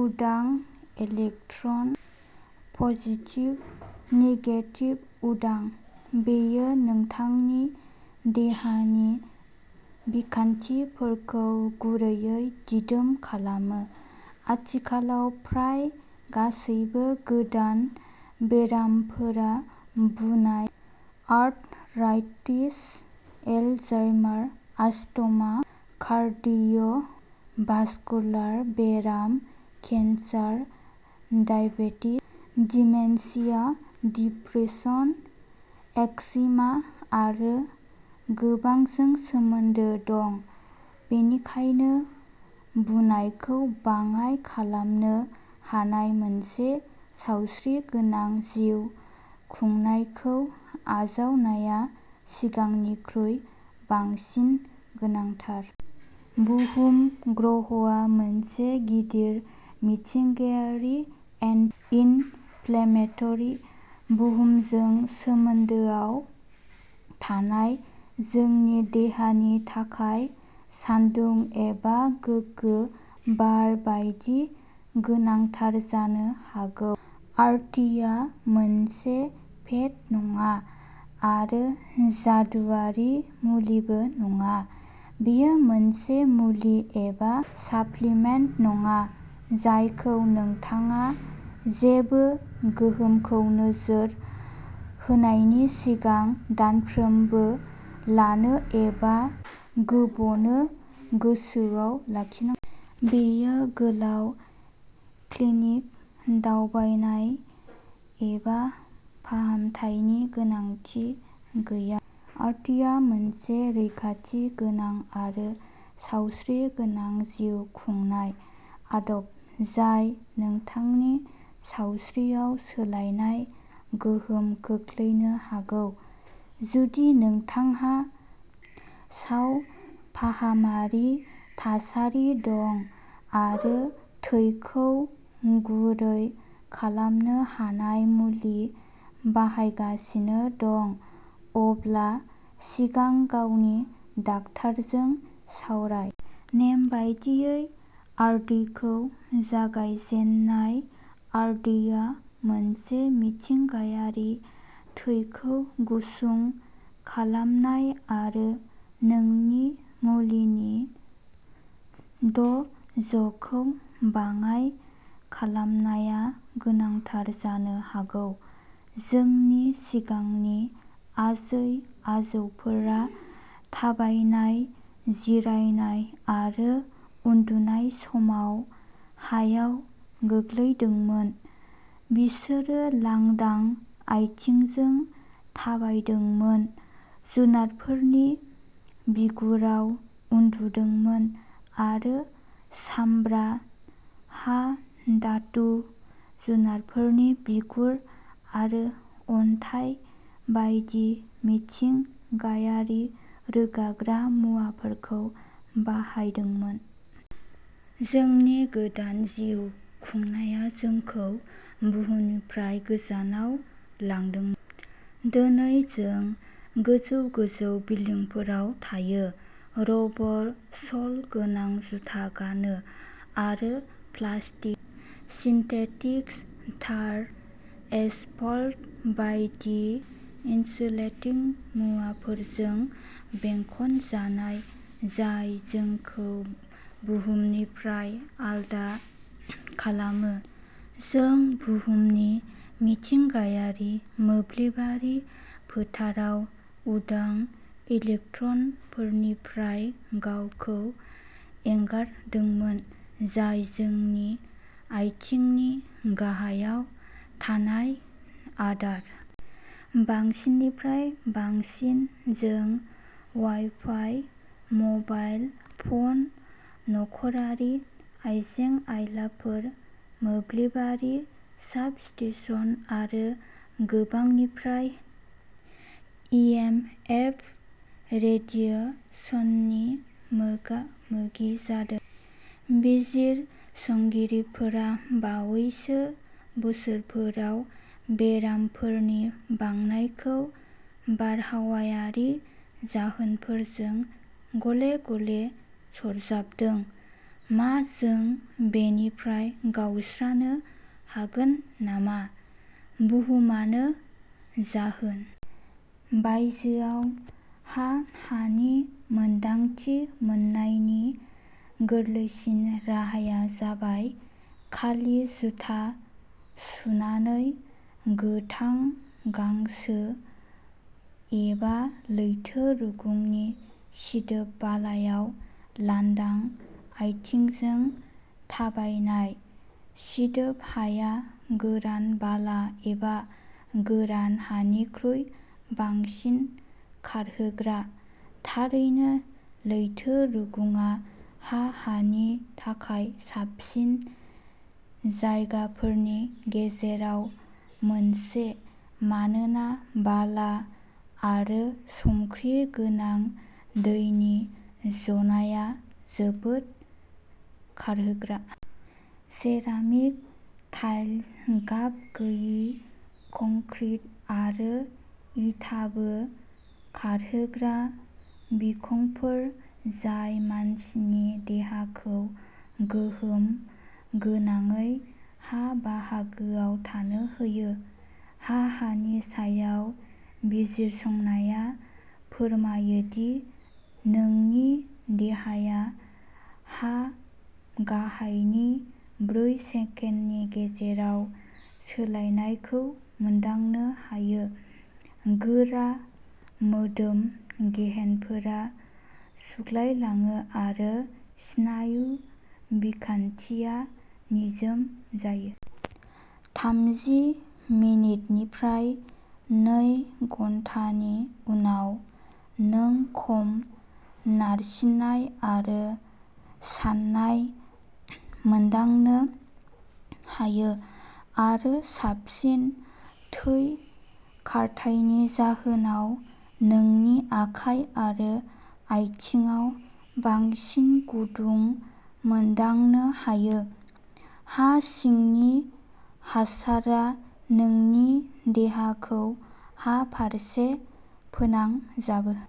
उदां electron. Positive negative उदां। बेयो नोंथांनि देहानि बिखान्थिफोरखौ गुरैयै दिदोम खालामो। आथिखालाव फ्राय गासैबो गोदान बेरामफोरा बुनाय, आर्थराइटिस, एलजाइमार, आस्थमा, कार्डिय'भास्कुलार बेराम, cancer, diabetes, dementia, depression, eczema आरो गोबांजों सोमोन्दो दं। बेनिखायनो बुनायखौ बाङाइ खालामनो हानाय मोनसे सावस्रिगोनां जिउ खुंनायखौ आजावनाया सिगांनिख्रुइ बांसिन गोनांथार। बुहुम ग्रहआ मोनसे गिदिर मिथिंगायारि, एन-इनफ्लेमेटरि। बुहुमजों सोमोन्दोआव थानाया जोंनि देहानि थाखाय सानदुं एबा गोगो बार बायदि गोनांथार जानो हागौ। आर्थिंआ मोनसे फेद नङा आरो जादुआरि मुलिबो नङा। बेयो मोनसे मुलि एबा साप्लिमेन्ट नङा जायखौ नोंथाङा जेबो गोहोमखौ नोजोर होनायनि सिगां दानफ्रोमबो लानो एबा गोबनो गोसोआव लाखिनांगौ। बेयो गोलाव क्लिनिक दावबायनाय एबा फाहामथायनि गोनांथि गैया। आर्थिंआ मोनसे रैखाथि गोनां आरो सावस्रिगोनां जिउ खुंनाय आदब जाय नोंथांनि सावस्रियाव सोलायनाय गोहोम खोख्लैनो हागौ। जुदि नोंथांहा सावफाहामारि थासारि दं आरो थैखौ गुरै खालामनो हानाय मुलि बाहायगासिनो दं, अब्ला सिगां गावनि डाक्टारजों सावराय। नेमबादियै आर्दिखौ जागायजेननाय। आर्दिआ मोनसे मिथिंगायारि थैखौ गुसुं खालामनाय आरो नोंनि मुलिनि द'जखौ बाङाइ खालामनाया गोनांथार जानो हागौ। जोंनि सिगांनि आजै-आजौफोरा थाबायनाय, जिरायनाय आरो उन्दुनाय समाव हायाव गोग्लैदोंमोन। बिसोरो लांदां आथिंजों थाबायदोंमोन, जुनारफोरनि बिगुराव उन्दुदोंमोन आरो सामब्रा, हा, धातु, जुनारफोरनि बिगुर आरो अन्थाइ बायदि मिथिंगायारि रोगाग्रा मुवाफोरखौ बाहायदोंमोन। जोंनि गोदान जिउ खुंनाया जोंखौ बुहुमनिफ्राय गोजानाव लांदोंमोन। दिनै जों गोजौ-गोजौ बिल्डिंफोराव थायो, रबर-सल गोनां जुथा गानो आरो प्लास्टिक, सिन्थेटिक्स, टार, एसफाल्ट बायदि इनसुलेटिं मुवाफोरजों बेंखनजानाय जाय जोंखौ बुहुमनिफ्राय आलादा खालामो। जों बुहुमनि मिथिंगायारि मोब्लिबारि फोथाराव उदां इलेक्ट्रनफोरनिफ्राय गावखौ एंगारदोंमोन, जाय जोंनि आथिंनि गाहायाव थानाय आदार। बांसिननिफ्राय बांसिन जों वाइफाइ, मबाइल फ'न, नखरारि आइजें-आइलाफोर, मोब्लिबारि साबस्टेशन आरो गोबांनिफ्राय इएमएफ रेडिएसननि मोगामोगि जादों। बिजिरसंगिरिफोरा बावैसो बोसोरफोराव बेरामफोरनि बांनायखौ बारहावायारि जाहोनफोरजों गले-गले सरजाबदों। मा जों बेनिफ्राय गावस्रानो हागोन नामा? बुहुमानो जाहोन? बायजोयाव हा-हानि मोन्दांथि मोननायनि गोरलैसिन राहाया जाबाय खालि जुथा सुनानै गोथां गांसो एबा लैथो रुगुंनि सिदोब बालायाव लांदां आथिंजों थाबायनाय-सिदोब हाया गोरान बाला एबा गोरान हानिख्रुइ बांसिन खारहोग्रा। थारैनो लैथो रुगुंआ हा-हानि थाखाय साबसिन जायगाफोरनि गेजेराव मोनसे मानोना बाला आरो संख्रि गोनां दैनि ज'नाया जोबोद खारहोग्रा। सेरामिक टाइल्स, गाबगैयै कंक्रिट आरो इटाबो खारहोग्रा बिखंफोर जाय मानसिनि देहाखौ गोहोम गोनाङै हा-बाहागोआव थानो होयो। हा-हानि सायाव बिजिरसंनाया फोरमायो दि नोंनि देहाया हा-गाहायनि ब्रै सेकेन्डनि गेजेराव सोलायनायखौ मोनदांनो हायो। गोरा मोदोम गेहेनफोरा सुग्लायलाङो आरो स्नायु बिखानथिया निजोम जायो। थामजि मिनिटनिफ्राय नै घन्टानि उनाव, नों खम नारसिननाय आरो सानाय मोनदांनो हायो, आरो साबसिन थै खारथायनि जाहोनाव नोंनि आखाइ आरो आथिंआव बांसिन गुदुं मोनदांनो हायो। हा-सिंनि हासारा नोंनि देहाखौ हा-फारसे फोनांजाबो।